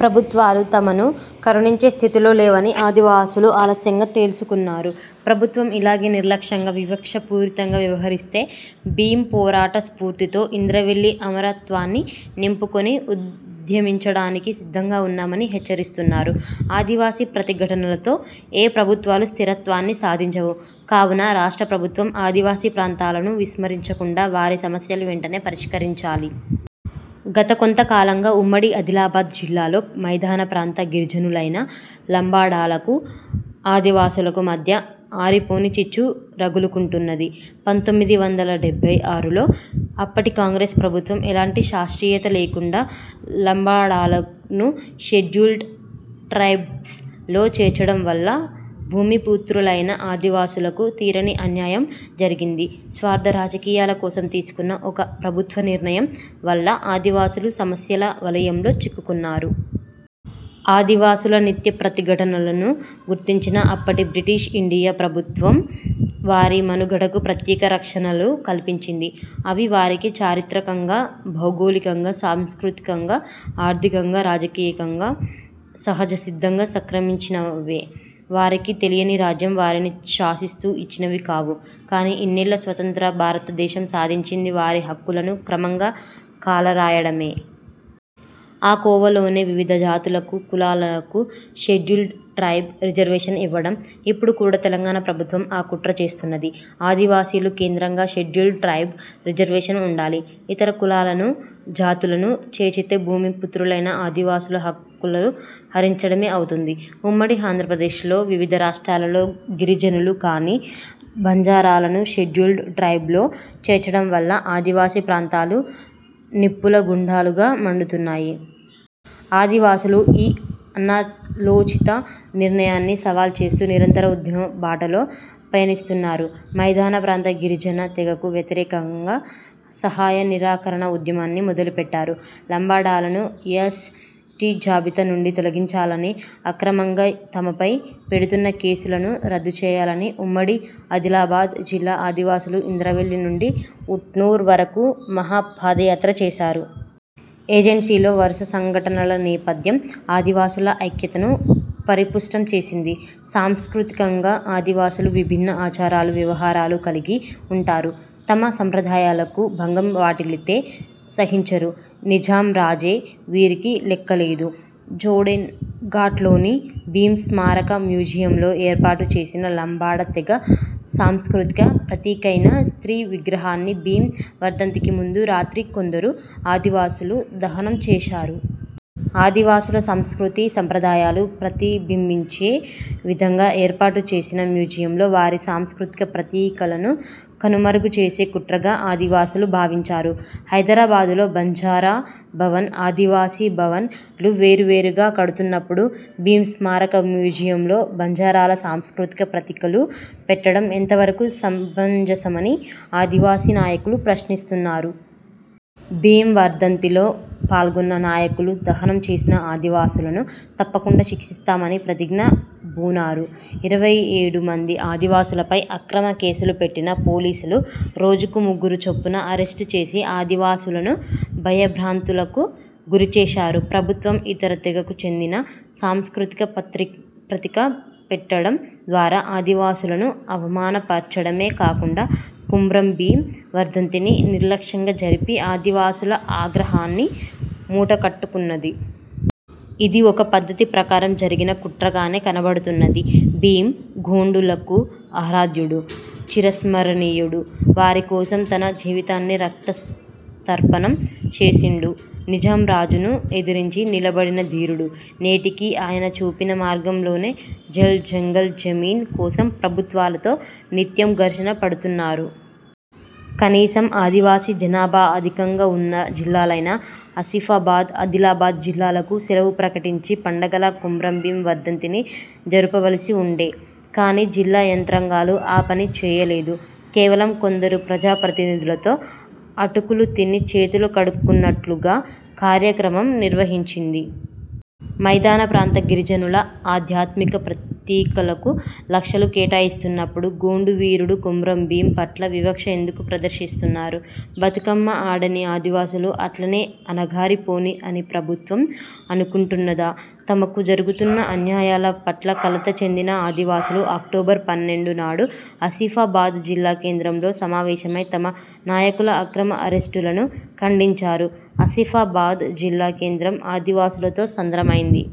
ప్రభుత్వాలు తమను కరుణించే స్థితిలో లేవని ఆదివాసులు ఆలస్యంగా తెలుసుకున్నారు. ప్రభుత్వం ఇలాగే నిర్లక్ష్యంగా, వివక్ష పూరితంగా వ్యవహరిస్తే, భీం పోరాట స్ఫూర్తితో ఇంద్రవెల్లి అమరత్వాన్ని నింపుకొని ఉద్యమించడానికి సిద్ధంగా ఉన్నామని హెచ్చరిస్తున్నారు. ఆదివాసీ ప్రతిఘటనలతో ఏ ప్రభుత్వాలు స్థిరత్వాన్ని సాధించవు. కావున రాష్ట్ర ప్రభుత్వం ఆదివాసీ ప్రాంతాలను విస్మరించకుండా వారి సమస్యలు వెంటనే పరిష్కరించాలి. గత కొంత కాలంగా ఉమ్మడి ఆదిలాబాద్ జిల్లాలో మైదాన ప్రాంత గిరిజనులైన లంబాడాలకు ఆదివాసులకు మధ్య ఆరిపోని చిచ్చు రగులుకుంటున్నది. పంతొమ్మిది వందల డెబ్బై ఆరులో అప్పటి కాంగ్రెస్ ప్రభుత్వం ఎలాంటి శాస్త్రీయత లేకుండా లంబాడాలను షెడ్యూల్డ్ ట్రైబ్స్ లో చేర్చడం వల్ల భూమి పుత్రులైన ఆదివాసులకు తీరని అన్యాయం జరిగింది స్వార్థ రాజకీయాల కోసం తీసుకున్న ''ఒక ప్రభుత్వ నిర్ణయం'' వల్ల ఆదివాసులు సమస్యల వలయంలో చిక్కుకున్నారు. ఆదివాసుల నిత్య ప్రతిఘటనలను గుర్తించిన అప్పటి బ్రిటిష్ ఇండియా ప్రభుత్వం వారి మనుగడకు ప్రత్యేక రక్షణలు కల్పించింది. అవి వారికి చారిత్రకంగా, భౌగోళికంగా, సాంస్కృతికంగా, ఆర్థికంగా, రాజకీయంగా సహజ సిద్ధంగా సంక్రమించినవే. వారికి తెలియని రాజ్యం వారిని శాసిస్తూ ఇచ్చినవి కావు. కాని ఇన్నేళ్ల స్వతంత్ర భారతదేశం సాధించింది వారి హక్కులను క్రమంగా కాలరాయడమే. ఆ కోవలోనే వివిధ జాతులకు, కులాలకు షెడ్యూల్డ్ ట్రైబ్ రిజర్వేషన్ ఇవ్వడం. ఇపుడు కూడా తెలంగాణ ప్రభుత్వం ఆ కుట్ర చేస్తున్నది. ఆదివాసీలు కేంద్రంగా షెడ్యూల్డ్ ట్రైబ్ రిజర్వేషన్ ఉండాలి. ఇతర కులాలను, జాతులను చేర్చితే భూమి పుత్రులైన ఆదివాసుల హక్కులు హరించడమే అవుతుంది. ఉమ్మడి ఆంధ్రప్రదేశ్లో, వివిధ రాష్ట్రాలలో గిరిజనులు కాని బంజారాలను షెడ్యూల్డ్ ట్రైబ్లో చేర్చడంవల్ల ఆదివాసీ ప్రాంతాలు నిప్పుల గుండాలుగా మండుతున్నాయి. ఆదివాసులు ఈ అనాలోచిత నిర్ణయాన్ని సవాల్ చేస్తూ నిరంతర ఉద్యమ బాటలో పయనిస్తున్నారు. మైదాన ప్రాంత గిరిజన తెగకు వ్యతిరేకంగా 'సహాయ నిరాకరణ ఉద్యమాన్ని' మొదలుపెట్టారు. 'లంబాడాలను యస్. టి జాబితా నుండి తొలగించాలని', అక్రమంగా తమపై పెడుతున్న కేసులను రద్దు చేయాలని ఉమ్మడి ఆదిలాబాద్ జిల్లా ఆదివాసులు ఇంద్రవెల్లి నుండి ఊట్నూర్ వరకు 'మహా పాదయాత్ర' చేశారు. ఏజెన్సీలో 'వరస సంఘటనల నేపథ్యం' ఆదివాసుల ఐక్యతను పరిపుష్టం చేసింది. సాంస్కృతికంగా ఆదివాసులు విభిన్న ఆచారాలు, వ్వవహారాలు కలిగి ఉంటారు. తమ సంప్రదాయాలకు భంగం వాటిల్లితే సహించరు. ''నిజాం రాజే'' వీరికి లెక్కలేదు. జోడెన్ ఘాట్లోని భీం స్మారక మ్యూజియంలో ఏర్పాటుచేసిన లంబాడా తెగ సాంస్కృతిక ప్రతీకైన స్త్రీ విగ్రహాన్ని భీం వర్ధంతికి ముందు రాత్రి కొందరు ఆది వాసులు దహనం చేశారు. ఆదివాసుల సంస్కృతీ సంప్రదాయాలు ప్రతిబింబించే విధంగా ఏర్పాటు చేసిన మ్యూజియంలో వారి సాంస్కృతిక ప్రతీకలను కనుమరుగు చేసే కుట్రగా ఆదివాసులు భావించారు. ''హైదరాబాదులో 'బంజార భవన్', 'ఆదివాసి భవన్'లు వేరు వేరుగా కడుతున్నపుడు భీం స్మారక మ్యూజియంలో బంజారాల సాంస్కృతిక ప్రతీకలు పెట్టడం ఎంతవరకు సమంజసమని'' ఆదివాసీ నాయకులు ప్రశ్నిస్తున్నారు. భీం వర్ధంతిలో పాల్గొన్న నాయకులు దహనం చేసిన ఆదివాసులను తప్పకుండా శిక్షిస్తామని ప్రతిజ్ఞ బూనారు. ఇరవై ఏడు మంది ఆదివాసులపై అక్రమ కేసులు పెట్టిన పోలీసులు రోజుకు ముగ్గురు చొప్పున అరెస్టు చేసి ఆదివాసులను భయ భ్రాంతులకు గురిచేశారు. ప్రభుత్వం ఇతర తెగకు చెందిన సాంస్కృతిక ప్రతీక పెట్టడం ద్వారా ఆదివాసులను అవమాన పర్చడమే కాకుండా కుమ్రం భీం వర్ధంతిని నిర్లక్ష్యంగా జరిపి, ఆదివాసుల ఆగ్రహాన్ని మూటకట్టుకున్నది. ఇది ఒక పద్ధతి ప్రకారం జరిగిన కుట్రగానే కనపడుతున్నది. భీం గోండులకు ఆరాధ్యుడు, చిరస్మరణీయుడు. వారి కోసం తన జీవితాన్ని రక్త తర్పణం చేసిండు. నిజాం రాజును ఎదిరించి నిలబడిన ధీరుడు. నేటికి ఆయన చూపిన మార్గంలోనే జల్, జంగల్, జమీన్ కోసం ప్రభుత్వాలతో నిత్యం ఘర్షణ పడుతున్నారు. కనీసం ఆదివాసీ జనాభా అధికంగా ఉన్న జిల్లాలైన ఆసిఫాబాద్, ఆదిలాబాద్ జిల్లాలకు సెలవు ప్రకటించి పండగలా కుమ్రం భీం వర్ధంతిని జరుపవలసి ఉండే. కాని, జిల్లా యంత్రాంగాలు ఆ పని చేయలేదు. కేవలం కొందరు ప్రజా ప్రతినిధులతో ''అటుకులు తిని చేతులు కడుక్కున్నట్లుగా'' కార్యక్రమం నిర్వహించింది. మైదాన ప్రాంత గిరిజనుల ఆధ్యాత్మిక ప్రతీకలకు లక్షలు కేటాయిస్తున్నపుడు గోండు వీరుడు కుమ్రం భీం పట్ల వివక్ష ఎందుకు ప్రదర్శిస్తున్నారు? బతుకమ్మ ఆడని ఆదివాసులు అట్లనే అణగారి పోనీ అని ప్రభుత్వం అనుకుంటున్నదా? తమకు జరుగుతున్న అన్యాయాల పట్ల కలత చెందిన ఆదివాసులు అక్టోబర్ పన్నెండు నాడు ఆసిఫాబాద్ జిల్లా కేంద్రంలో సమావేశమై తమ నాయకుల అక్రమ అరెస్టులను ఖండించారు ఆసిఫాబాద్ జిల్లా కేంద్రం ఆదివాసులతో సంద్రమైంది.